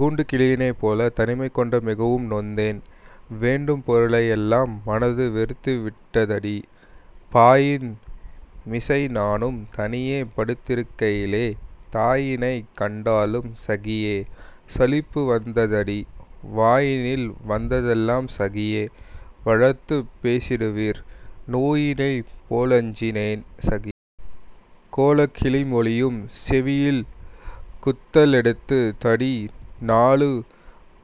கூண்டுக் கிளியினைப் போல் தனிமை கொண்டு மிகவும் நொந்தேன்; வேண்டும் பொருளை யெல்லாம் மனது வெறுத்து விட்டதடீ!. பாயின் மிசை நானும் தனியே படுத் திருக்கை யிலே, தாயினைக் கண்டாலும் சகியே! சலிப்பு வந்த தடீ! வாயினில் வந்ததெல்லாம் சகியே! வளர்த்துப் பேசிடுவீர்; நோயினைப் போலஞ் சினேன்; சகி! கோலக் கிளிமொழியும் செவியில் குத்த லெடுத்த தடீ! நாலு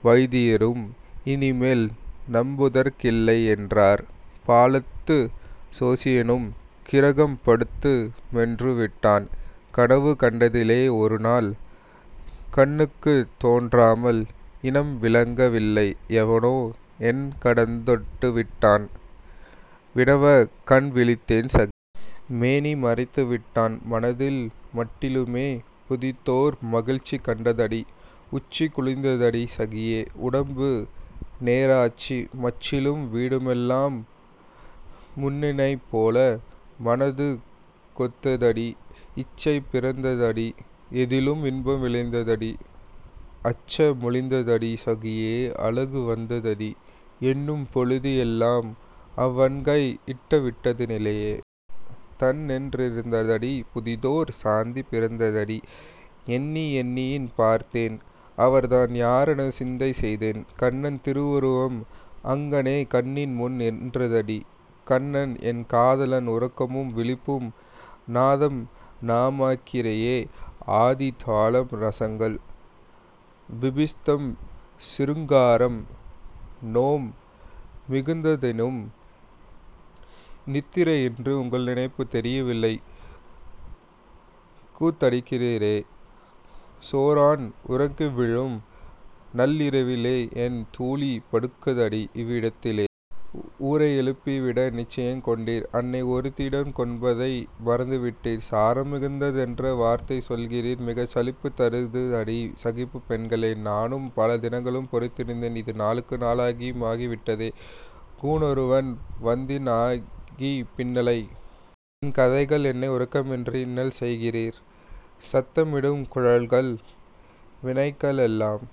வயித்தியரும் இனிமேல் நம்புதற் கில்லை யென்றார்; பாலத்துச் சோசியனும் கிரகம் படுத்து மென்று விட்டான். கனவு கண்டதிலே ஒருநாள் கண்ணுக்குத் தோன்றாமல், இனம் விளங்க வில்லை எவனோ என்னகந் தொட்டு விட்டான். வினவக் கண்விழித்தேன்; சகி! மேனி மறைந்து விட்டான்; மனதில் மட்டிலுமே புதிதோர் மகிழ்ச்சி கண்டதடீ!. உச்சி குளிர்ந்ததடீ! சகியே! உடம்பு நேராச்சு, மச்சிலும் வீடுமெல்லாம் முன்னைப்போல் மனத்துக் கொத்தடீ! இச்சை பிறந்ததடீ! எதிலும் இன்பம் விளைளந்ததடீ! அச்ச மொழிந்ததடீ! சகியே! அழகு வந்ததடீ! எண்ணும் பொழுதி லெல்லாம் அவன்கை இட்ட விடத்தினிலே! தண்ணென் றிருந்ததடீ! புதிதோர் சாந்தி பிறந்ததடீ! எண்ணி யெண்ணிப் பார்த்தேன்; அவன்தான் யாரெனச் சிந்தை செய்தேன்; கண்ணன் திருவுருவம் அங்ஙனே கண்ணின் முன் நின்றதடீ!.. கண்ணன் என் காதலன் உறக்கமும் விழிப்பும் நாதநாமக்கிரியை ஆதி தாளம் ரசங்கள்: பீபத்ஸம், சிருங்காரம். நோம் மிகுந்ததின்னும் நித்திரையின்றி உங்கள் நினைப்புத் தெரியவில்லை, கூத்தடிக்கிறீர்; சோரன் உறங்கிவிழும் நள்ளிரவிலே என் தூளி படுகுதடி, இவ்விடத்திலே. ஊரை யெழுப்பிவிட நிச்சயங் கொண்டீர்! அன்னை ஒருத்தியுண் டென்பதையும் மறந்து விட்டீர்; சாரம் மிகுந்த தென்று வார்த்தை சொல்கிறீர், மிகச் சலிப்புத் தருகுதடி சகிப் பெண்களே!. நானும் பல தினங்கள் பொறுத்திருந்தேன் இது நாளுக்கு நாளதிக மாகி விட்டதே; கூன னொருவன் வந்திந் நாணி பின்னலைக் என்ன கதைகள்! என்னை உறக்கமின்றி இன்னல் செய்கிறீர்! சத்தமிடுங் குழல்கள் விணைக ளெல்லாம்।